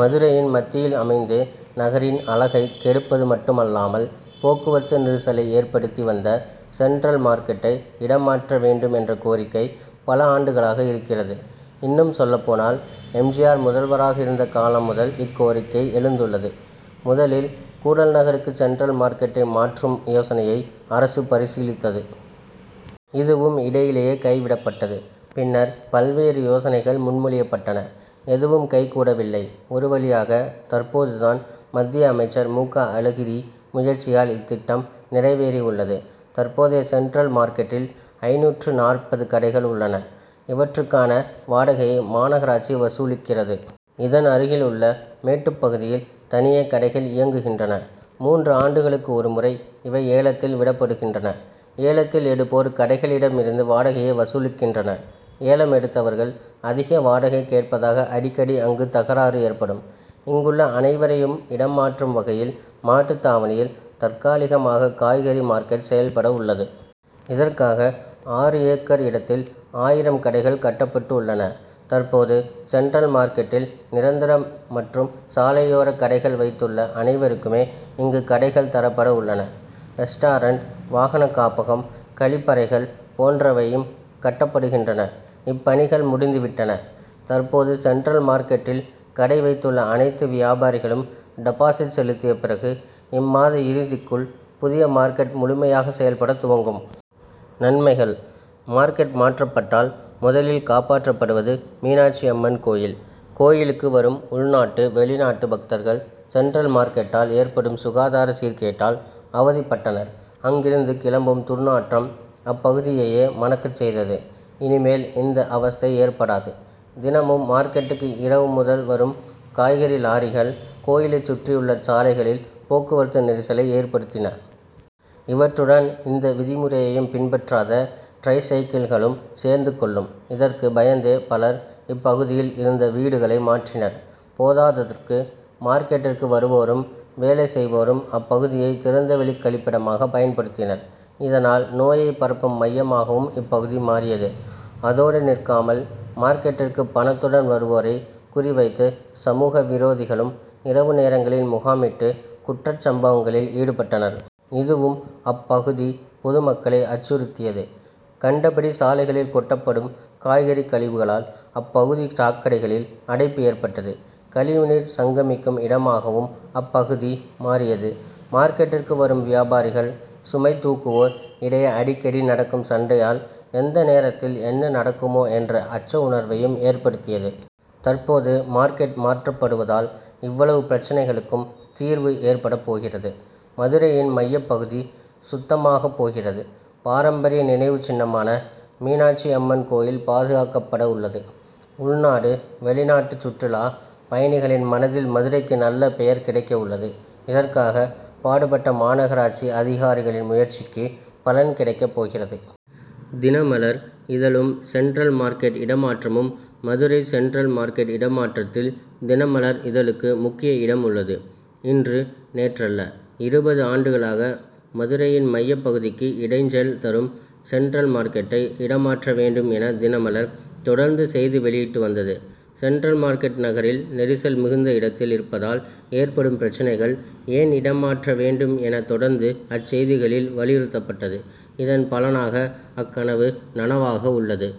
மதுரையின் மத்தியில் அமைந்து, நகரின் அழகைக் கெடுப்பது மட்டுமல்லாமல், போக்குவரத்து நெரிசலை ஏற்படுத்தி வந்த, சென்ட்ரல் மார்க்கெட்டை இடம் மாற்ற வேண்டும் என்ற கோரிக்கை, பல ஆண்டுகளாக இருக்கிறது. இன்னும் சொல்லப்போனால், எம். ஜி. ஆர்., முதல்வராக இருந்த காலம் முதல் இக்கோரிக்கை எழுந்துள்ளது. முதலில் கூடல்நகருக்கு சென்ட்ரல் மார்க்கெட்டை மாற்றும் யோசனையை அரசு பரிசீலித்தது. இதுவும் இடையிலேயே கைவிடப் பட்டது. பின்னர் பல்வேறு யோசனைகள் முன்மொழியப்பட்டன. எதுவும் கைகூடவில்லை. ஒரு வழியாக தற்போது தான், மத்திய அமைச்சர் மு. க. அழகிரி முயற்சியால் இத்திட்டம், நிறைவேறி உள்ளது. தற்போதைய சென்ட்ரல் மார்க்கெட்டில் ஐந்நூற்று நாற்பது கடைகள் உள்ளன. இவற்றுக்கான வாடகையைமாநகராட்சி வசூலிக்கிறது. இதன் அருகில் உள்ள மேட்டுப் பகுதியில் தனியே கடைகள் இயங்குகின்றன. மூன்று ஆண்டுகளுக்கு ஒரு முறை இவை ஏலத்தில் விடப்படுகின்றன. ஏலத்தில் எடுப்போர் கடைகளிடம் இருந்து வாடகையை வசூலிக்கின்றனர். ஏலம் எடுத்தவர்கள், அதிக வாடகை கேட்பதாக அடிக்கடி அங்கு தகராறு ஏற்படும். இங்குள்ள அனைவரையும் இடம் மாற்றும் வகையில், மாட்டுத்தாவணியில் தற்காலிகமாக காய்கறி மார்க்கெட் செயல்பட உள்ளது. இதற்காக ஆறு ஏக்கர் இடத்தில் ஆயிரம் கடைகள் கட்டப்பட்டு உள்ளன. தற்போது சென்ட்ரல் மார்க்கெட்டில் நிரந்தர மற்றும் சாலையோர கடைகள் வைத்துள்ள அனைவருக்குமே இங்கு கடைகள் தரப்பட உள்ளன. ரெஸ்ட்டாரென்ட், வாகன காப்பகம், கழிப்பறைகள் போன்றவையும் கட்டப்படுகின்றன. இப்பணிகள் முடிந்துவிட்டன. தற்போது சென்ட்ரல் மார்க்கெட்டில் கடை வைத்துள்ள அனைத்து வியாபாரிகளும் டெபாசிட் செலுத்திய பிறகு, இம்மாத இறுதிக்குள் புதிய மார்க்கெட் முழுமையாக செயல்படத் துவங்கும். நன்மைகள்: மார்க்கெட் மாற்றப் பட்டால் முதலில் காப்பாற்றப்படுவது மீனாட்சி அம்மன் கோயில். கோயிலுக்கு வரும் உள்நாட்டு, வெளிநாட்டு பக்தர்கள், சென்ட்ரல் மார்க்கெட்டால் ஏற்படும் சுகாதார சீர்கேட்டால் அவதிப்பட்டனர். அங்கிருந்து கிளம்பும் துர்நாற்றம், அப்பகுதியையே மணக்கச் செய்தது. இனிமேல் இந்த அவஸ்தை ஏற்படாது. தினமும் மார்க்கெட்டுக்கு இரவு முதல் வரும் காய்கறி லாரிகள், கோயிலைச் சுற்றியுள்ள சாலைகளில் போக்குவரத்து நெரிசலை ஏற்படுத்தின. இவற்றுடன் இந்த விதிமுறையையும் பின்பற்றாத டிரைசைக்கிள்களும் சேர்ந்து கொள்ளும். இதற்கு பயந்தே பலர், இப்பகுதியில் இருந்தவீடுகளை மாற்றினர். போதாததற்கு மார்க்கெட்டிற்கு வருவோரும், வேலை செய்வோரும் அப்பகுதியை திறந்தவெளி கழிப்பிடமாக பயன்படுத்தினர். இதனால் நோயை பரப்பும் மையமாகவும் இப்பகுதி மாறியது. அதோடு நிற்காமல், மார்க்கெட்டிற்கு பணத்துடன் வருவோரை குறி வைத்து, சமூக விரோதிகளும் இரவு நேரங்களில் முகாமிட்டு, குற்றச்சம்பவங்களில் ஈடுபட்டனர். இதுவும் அப்பகுதி பொதுமக்களை அச்சுறுத்தியது. கண்டபடி சாலைகளில் கொட்டப்படும் காய்கறி கழிவுகளால், அப்பகுதி சாக்கடைகளில் அடைப்பு ஏற்பட்டது, கழிவு நீர் சங்கமிக்கும் இடமாகவும் அப்பகுதி மாறியது. மார்க்கெட்டிற்கு வரும் வியாபாரிகள், சுமை தூக்குவோர் இடையே அடிக்கடி நடக்கும் சண்டையால், எந்த நேரத்தில் என்ன நடக்குமோ என்ற அச்ச உணர்வையும் ஏற்படுத்தியது. தற்போது மார்க்கெட் மாற்றப்படுவதால், இவ்வளவு பிரச்னைகளுக்கும் தீர்வு ஏற்படப் போகிறது. மதுரையின் மையப்பகுதி சுத்தமாகப் போகிறது. பாரம்பரிய நினைவுச் சின்னமான, மீனாட்சி அம்மன் கோயில் பாதுகாக்கப்பட உள்ளது. உள்நாடு, வெளிநாட்டு சுற்றுலா பயணிகளின் மனதில் மதுரைக்கு நல்ல பெயர் கிடைக்க உள்ளது. இதற்காக பாடுபட்ட மாநகராட்சி அதிகாரிகளின் முயற்சிக்கு பலன் கிடைக்கப் போகிறது. தினமலர் இதழும்சென்ட்ரல் மார்க்கெட் இடமாற்றமும்:மதுரை சென்ட்ரல் மார்க்கெட் இடமாற்றத்தில் தினமலர் இதழுக்கு முக்கிய இடம் உள்ளது. இன்று நேற்றல்ல, இருபது ஆண்டுகளாக, மதுரையின் மைய பகுதிக்கு இடைஞ்சல் தரும் சென்ட்ரல் மார்க்கெட்டை இடமாற்ற வேண்டும் என தினமலர், தொடர்ந்து செய்தி வெளியிட்டு வந்தது. சென்ட்ரல் மார்க்கெட் நகரில் நெரிசல் மிகுந்த இடத்தில் இருப்பதால் ஏற்படும் பிரச்னைகள், ஏன் இடம் மாற்ற வேண்டும் என தொடர்ந்து அச்செய்திகளில் வலியுறுத்தப்பட்டது. இதன் பலனாக அக்கனவு, நனவாக உள்ளது.